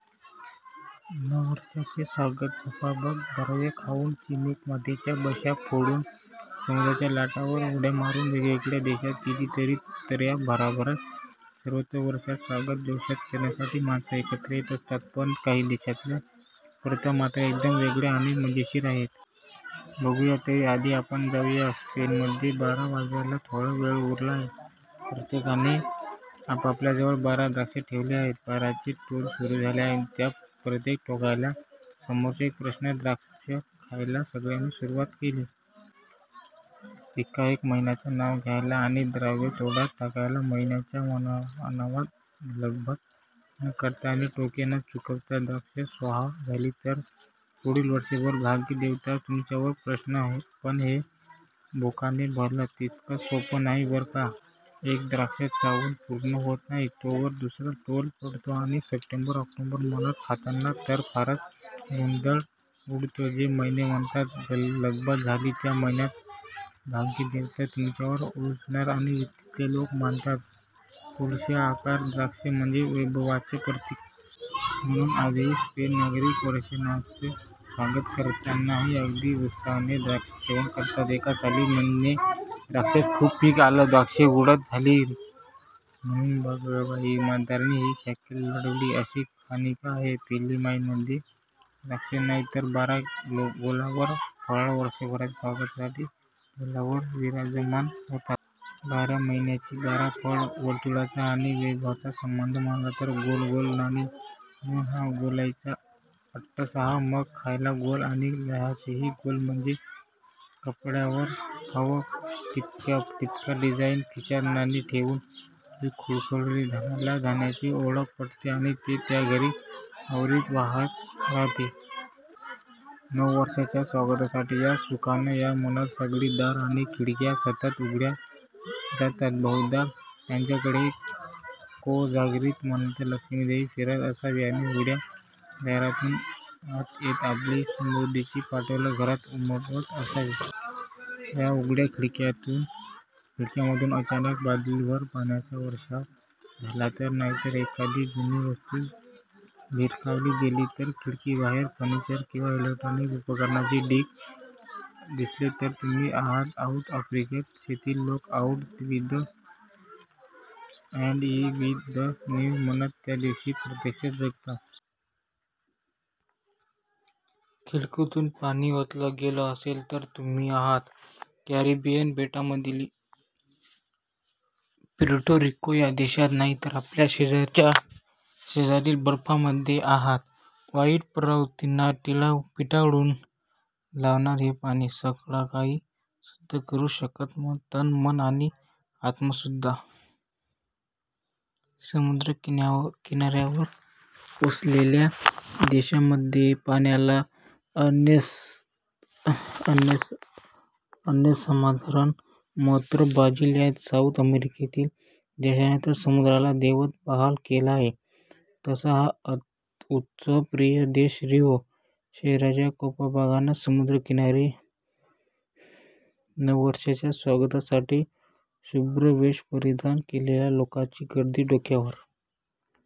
नववर्षाचं स्वागत बकाबका द्राक्ष खाऊन... चिनीमातीच्या बशा फोडून.. समुद्राच्या लाटांवर उड्या मारून... वेगवेगळ्या देशांत कितीतरी तऱ्हा! जगभरात सर्वत्र नववर्षाचं स्वागत जोशात करण्यासाठी माणसं एकत्र येत असतात. पण काही देशांतल्या प्रथा मात्र एकदम वेगळ्या आणि मजेशीर आहेत. बघूया तरी... आधी आपण जाऊया स्पेनमध्ये. बारा वाजायला थोडाच वेळ उरला आहे... प्रत्येकाने आपल्याजवळ बारा द्राक्षं ठेवली आहेत. बाराचे टोले सुरू झाले आणि त्या प्रत्येक ठोक्याला समोरचं एक एक द्राक्ष खायला सगळ्यांनी सुरुवात केली. एकेका महिन्याचं नाव घ्यायचं आणि द्राक्ष तोंडात टाकायचं. महिन्यांच्या नावात गफलत न करता आणि ठोके न चुकवता द्राक्ष स्वाहा झाली तर पुढील वर्षभर भाग्यदेवता तुमच्यावर प्रसन्न! पण हे बोकाणे भरणं तितकंसं सोपं नाही बरं का! एक द्राक्ष चावून पूर्ण होत नाही तोवर दुसरा टोला पडतो आणि सप्टेंबर-ऑक्टोबर म्हणत खाताना तर फारच गोंधळ उडतो. जे महिने म्हणताना गफलत झाली, त्या महिन्यात भाग्यदेवता तुमच्यावर रुसणार, असं तिथले लोक मानतात. वर्तुळाकार द्राक्ष म्हणजे वैभवाचं प्रतीक. म्हणून आजही स्पेन नागरिक नववर्षाचं स्वागत करताना अगदी उत्साहानं हे द्राक्षसेवन करतात. एका साली म्हणे द्राक्षाचं खूप पीक आलं. द्राक्षे उदंड जाहली! म्हणून बागाईतदारांनी ही शक्कल लढवली अशी आख्यायिका आहे. फिलिपाइन्समध्ये द्राक्षच नाही, तर बारा गोलाकार फळं नववर्षाच्या स्वागतासाठी टेबलावर विराजमान होतात. बारा महिन्यांची बारा फळं. वर्तुळाचा आणि वैभवाचा संबंध म्हणाल तर 'गोल गोल नाणी'! म्हणून हा गोलाईचा अट्टहास! मग खायचं गोल आणि ल्यायचंही गोल. म्हणजे कपड्यांवर हवं ठिपक्याठिपक्यांचं डिझाइन. खिशात नाणी ठेवून ती खुळखुळवली की, धनाला धन्याची ओळख पटते आणि ते त्या घरी अविरत वाहत राहते. नववर्षाच्या स्वागतासाठी 'या सुखांनो या! ' म्हणत सगळी दारं आणि खिडक्या सताड उघडल्या जातात. बहुधा त्यांच्याकडेही 'को जागरति? ' म्हणत लक्ष्मीदेवी फिरत असावी आणि उघड्या दारातून आत येत आपली समृद्धीची पावलं घरात उमटवत असावी. या उघड्या खिडक्यांमधून अचानक बादलीभर पाण्याचा वर्षाव झाला तर? नाहीतर एखादी जुनी वस्तू भिरकावली गेली तर? खिडकीबाहेर फर्निचरचे किंवा इलेक्ट्रॉनिक उपकरणांचे ढीग दिसले, तर तुम्ही आहात साऊथ आफ्रिकेत. तेथील लोक 'out with the old and in with the new' ही म्हण त्या दिवशी प्रत्यक्ष जगतात. खिडकीतून पाणी ओतलं गेलं असेल तर तुम्ही आहात कॅरिबियन बेटांमधील प्युर्टो रिको या देशात नाही, तर आपल्या शेजारील बर्मामध्ये आहात. वाईट प्रवृत्तींना पिटाळून लावणारं हे पाणी सगळंकाही शुद्ध करू शकतं- तन, मन आणि आत्मासुद्धा! समुद्रकिनाऱ्यावर वसलेल्या देशांमध्ये पाण्याला अनन्यसाधारण महत्त्व! ब्राझील या साऊथ अमेरिकेतील देशाने तर समुद्राला देवत्व बहाल केलं आहे. तसा हा उत्सवप्रिय देश! रिओ शहराच्या कोपाकाबाना समुद्रकिनारी नववर्षाच्या स्वागतासाठी शुभ्र वेष परिधान केलेल्या लोकांची गर्दी, डोक्यावर